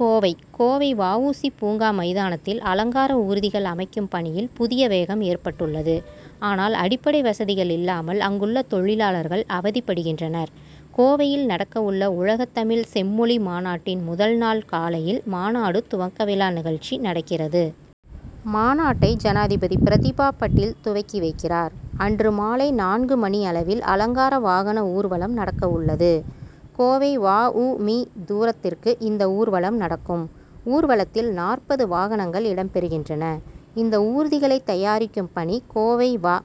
கோவை கோவை வ. உ. சி., பூங்கா மைதானத்தில், அலங்கார ஊர்திகள் அமைக்கும் பணியில் புதிய வேகம் ஏற்பட்டுள்ளது ஆனால், அடிப்படை வசதிகள் இல்லாமல் அங்குள்ள தொழிலாளர்கள் அவதிப்படுகின்றனர். கோவையில் நடக்கவுள்ள உலகத்தமிழ் செம்மொழி மாநாட்டின் முதல் நாள் காலையில் மாநாடு துவக்க விழா நிகழ்ச்சி நடக்கிறது. மாநாட்டை ஜனாதிபதி பிரதிபா பாட்டீல் துவக்கி வைக்கிறார். அன்று மாலை நான்கு மணியளவில், அலங்கார வாகன ஊர்வலம் நடக்கவுள்ளது. கோவை வ. உ. மீ., தூரத்திற்கு இந்த ஊர்வலம் நடக்கும். ஊர்வலத்தில், நாற்பது வாகனங்கள் இடம் பெறுகின்றன. இந்த ஊர்திகளைத் தயாரிக்கும் பணி, கோவை வ.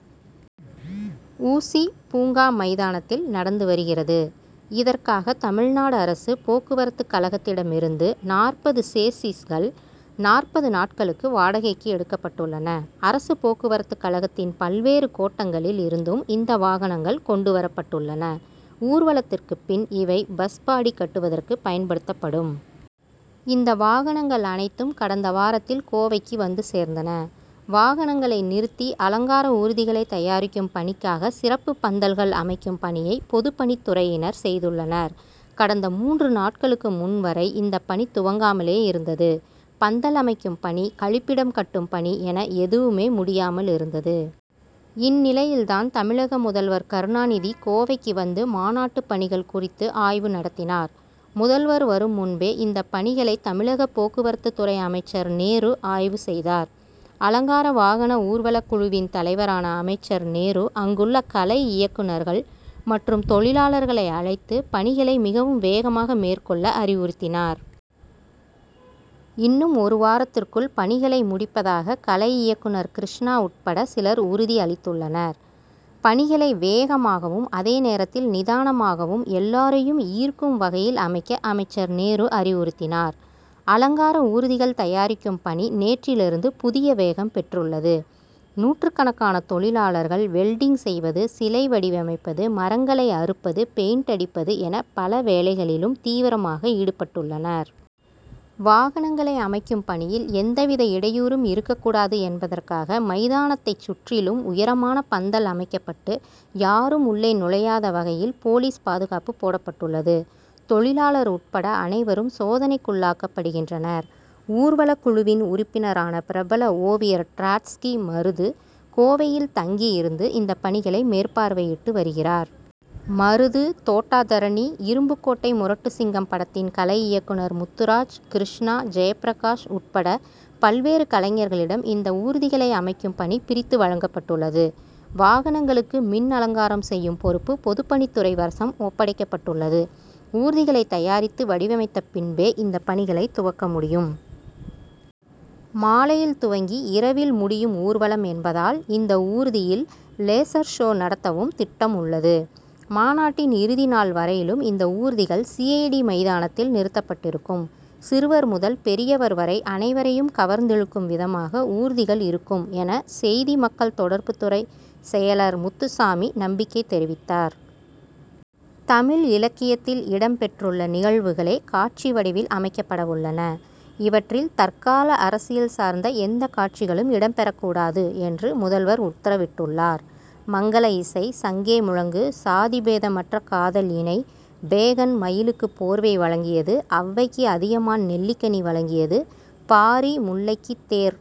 உசி பூங்கா மைதானத்தில் நடந்து வருகிறது. இதற்காக, தமிழ்நாடு அரசு போக்குவரத்துக்கழகத்திடமிருந்து நாற்பது சேஸீஸ்கள், நாற்பது நாட்களுக்கு வாடகைக்கு எடுக்கப்பட்டுள்ளன. அரசு போக்குவரத்துக்கழகத்தின் பல்வேறு கோட்டங்களில் இருந்தும், இந்த வாகனங்கள் கொண்டு வரப்பட்டுள்ளன. ஊர்வலத்திற்குப் பின், இவை பஸ் பாடி' கட்டுவதற்கு பயன் படுத்தப்படும். இந்த வாகனங்கள் அனைத்தும், கடந்த வாரத்தில் கோவைக்கு வந்து சேர்ந்தன. வாகனங்களை நிறுத்தி, அலங்கார ஊர்திகளைத்தயாரிக்கும் பணிக்காக சிறப்புப் பந்தல்கள் அமைக்கும் பணியை, பொதுப்பணித்துறையினர் செய்துள்ளனர். கடந்த மூன்று நாட்களுக்கு முன் வரை, இந்தப் பணி துவங்காமலே இருந்தது. பந்தல் அமைக்கும் பணி, கழிப்பிடம் கட்டும் பணி என எதுவுமே முடியாமல் இருந்தது. இந்நிலையில்தான் தமிழக முதல்வர் கருணாநிதி, கோவைக்கு வந்து, மாநாட்டுப் பணிகள் குறித்து ஆய்வு நடத்தினார். முதல்வர் வரும் முன்பே, இந்த பணிகளை தமிழக போக்குவரத்துத்துறை அமைச்சர் நேரு ஆய்வு செய்தார். அலங்கார வாகன ஊர்வலக் குழுவின் தலைவரான அமைச்சர் நேரு, அங்குள்ள கலை இயக்குனர்கள் மற்றும் தொழிலாளர்களை அழைத்து, பணிகளை மிகவும் வேகமாக மேற்கொள்ள அறிவுறுத்தினார். இன்னும் ஒரு வாரத்திற்குள் பணிகளை முடிப்பதாக கலை இயக்குனர் கிருஷ்ணா உட்பட சிலர் உறுதி அளித்தனர். பணிகளை வேகமாகவும், அதே நேரத்தில் நிதானமாகவும் எல்லாரையும் ஈர்க்கும் வகையில் அமைக்க அமைச்சர் நேரு அறிவுறுத்தினார். அலங்கார ஊர்திகள் தயாரிக்கும் பணி, நேற்றிலிருந்து புதிய வேகம் பெற்றுள்ளது. நூற்றுக்கணக்கான தொழிலாளர்கள், வெல்டிங் செய்வது, சிலை வடிவமைப்பது, மரங்களை அறுப்பது, பெயின்ட் அடிப்பது என பல வேலைகளிலும் தீவிரமாக ஈடுபட்டுள்ளனர். வாகனங்களை அமைக்கும் பணியில், எந்தவித இடையூறும் இருக்கக்கூடாது என்பதற்காக மைதானத்தைச் சுற்றிலும் உயரமான பந்தல் அமைக்கப்பட்டு, யாரும் உள்ளே நுழையாத வகையில் போலீஸ் பாதுகாப்பு போடப்பட்டுள்ளது. தொழிலாளர் உட்பட அனைவரும் சோதனைக்குள்ளாக்கப்படுகின்றனர். ஊர்வலக் குழுவின் உறுப்பினரான பிரபல ஓவியர் டிராட்ஸ்கி மருது, கோவையில் தங்கியிருந்து இந்தப் பணிகளை மேற்பார்வையிட்டு வருகிறார். மருது, தோட்டா தரணி, இரும்புக்கோட்டை முரட்டு சிங்கம் படத்தின் கலை இயக்குனர் முத்துராஜ், கிருஷ்ணா, ஜெயப்பிரகாஷ் உட்பட பல்வேறு கலைஞர்களிடம் இந்த ஊர்திகளை அமைக்கும் பணி, பிரித்து வழங்கப்பட்டுள்ளது. வாகனங்களுக்கு மின் அலங்காரம் செய்யும் பொறுப்பு, பொதுப்பணித்துறை வர்சம் ஒப்படைக்கப்பட்டுள்ளது. ஊர்திகளைத் தயாரித்து வடிவமைத்தபின்பே, இந்த பணிகளைத் துவக்க முடியும். மாலையில் துவங்கி இரவில் முடியும் ஊர்வலம் என்பதால், இந்த ஊர்தியில் லேசர் ஷோ' நடத்தவும் திட்டம் உள்ளது. மாநாட்டின் இறுதி நாள் வரையிலும் இந்த ஊர்திகள், சிஐடி மைதானத்தில் நிறுத்தப்பட்டிருக்கும். சிறுவர் முதல் பெரியவர் வரை அனைவரையும் கவர்ந் திழுக்கும் விதமாக, ஊர்திகள் இருக்கும் என, செய்தி மக்கள் தொடர்புத்துறை செயலர் முத்துச்சாமி நம் பிக்கை தெரிவித்தார். தமிழ் இலக்கியத்தில் இடம் பெற்றுள்ள நிகழ்வுகளே, காட்சி வடிவில் அமைக்கப்படவுள்ளன. இவற்றில், தற்கால அரசியல் சார்ந்த எந்தக் காட்சிகளும் இடம் பெறக்கூடாது என்று முதல்வர் உத்தரவிட்டுள்ளார். மங்கள இசை, சங்கே முழங்கு, சாதிபேதமற்ற காதல் இணை, பேகன் மயிலுக்கு போர்வை வழங்கியது, அவ்வைக்கு அதியமான் நெல்லிக்கனி வழங்கியது, பாரி முல்லைக்கு தேர்